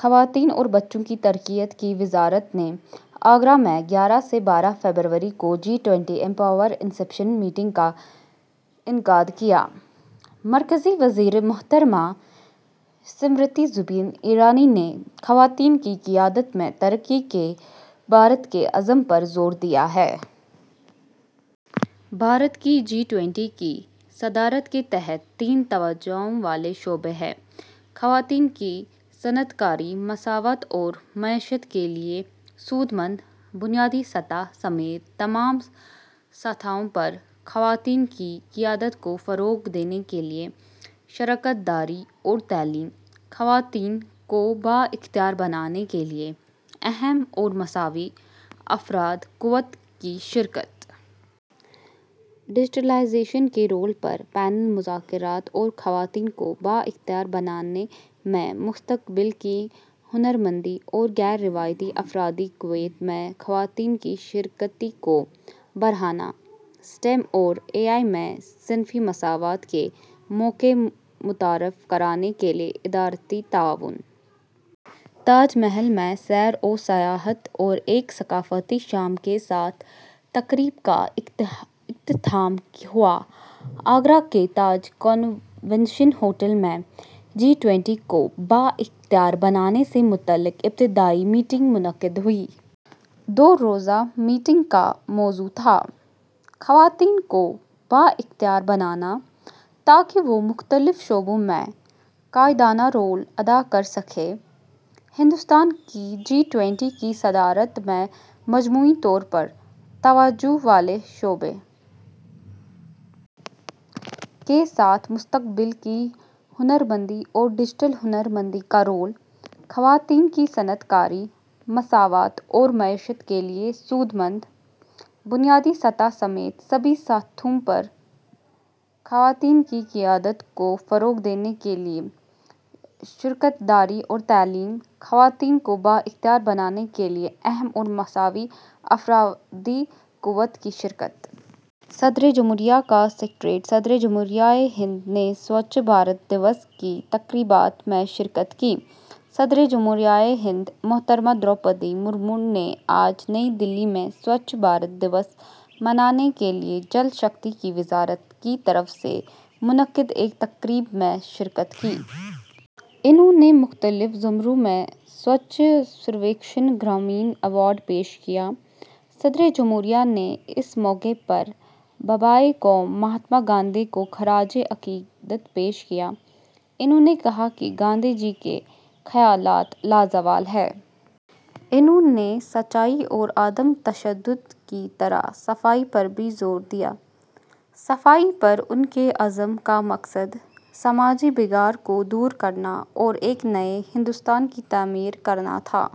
خواتین اور بچوں کی ترقیات کی وزارت نے آگرہ میں گیارہ سے بارہ فروری کو G twenty empower inception meeting کا انعقاد کیا۔ مرکزی وزیر محترمہ اسمرتی زوبین ایرانی نے خواتین کی قیادت میں ترقی کے بھارت کے عزم پر زور دیا ہے۔ بھارت کی جی ٹوئنٹی کی صدارت کے تحت تین توجہ والے شعبے ہیں: خواتین کی صنعت کاری، مساوات اور معیشت کے لیے سود مند؛ بنیادی سطح سمیت تمام سطحوں پر خواتین کی قیادت کو فروغ دینے کے لیے شراکت داری اور تعلیم؛ خواتین کو بااختیار بنانے کے لیے اہم اور مساوی افرادی قوت کی شرکت۔ ڈیجیٹائزیشن کے رول پر پینل مذاکرات اور خواتین کو بااختیار بنانے میں مستقبل کی ہنرمندی اور غیر روایتی افرادی قوت میں خواتین کی شرکت کو بڑھانا، ایس ٹی ای ایم اور اے آئی میں صنفی مساوات کے مواقع متعارف کرانے کے لیے ادارہ جاتی تعاون۔ تاج محل میں سیر و سیاحت اور ایک ثقافتی شام کے ساتھ تقریب کا اختتام ہوا۔ آگرہ کے تاج کنونشن ہوٹل میں جی ٹوئنٹی کو بااختیار بنانے سے متعلق ابتدائی میٹنگ منعقد ہوئی۔ دو روزہ میٹنگ کا موضوع تھا: خواتین کو بااختیار بنانا تاکہ وہ مختلف شعبوں میں قائدانہ رول ادا کر سکیں، ہندوستان کی جی ٹوئنٹی کی صدارت میں مجموعی طور پر توجہ والے شعبوں کے ساتھ مستقبل کی ہنرمندی اور ڈیجیٹل ہنرمندی کا رول، خواتین کی صنعت کاری، مساوات اور معیشت کے لیے سود مند، بنیادی سطح سمیت سبھی سطحوں پر خواتین کی قیادت کو فروغ دینے کے لیے شراکت داری اور تعلیم، خواتین کو بااختیار بنانے کے لیے اہم اور مساوی افرادی قوت کی شرکت۔ صدر جمہوریہ کا سکریٹریٹ۔ صدر جمہوریہ ہند نے سوچھ بھارت دیوس کی تقریبات میں شرکت کی۔ صدر جمہوریہ ہند محترمہ دروپدی مرمو نے آج نئی دہلی میں سوچھ بھارت دیوس منانے کے لیے جل شکتی کی وزارت کی طرف سے منعقد ایک تقریب میں شرکت کی۔ انھوں نے مختلف زمروں میں سوچھ سرویکشن گرامین ایوارڈ پیش کیے۔ صدر جمہوریہ نے اس موقع پر بابائے قوم مہاتما گاندھی کو خراج عقیدت پیش کیا۔ انھوں نے کہا کہ گاندھی جی کے خیالات لازوال ہیں۔ انھوں نے سچائی اور عدم تشدد کی طرح صفائی پر بھی زور دیا۔ صفائی پر ان کے عزم کا مقصد سماجی بگاڑ کو دور کرنا اور ایک نئے ہندوستان کی تعمیر کرنا تھا۔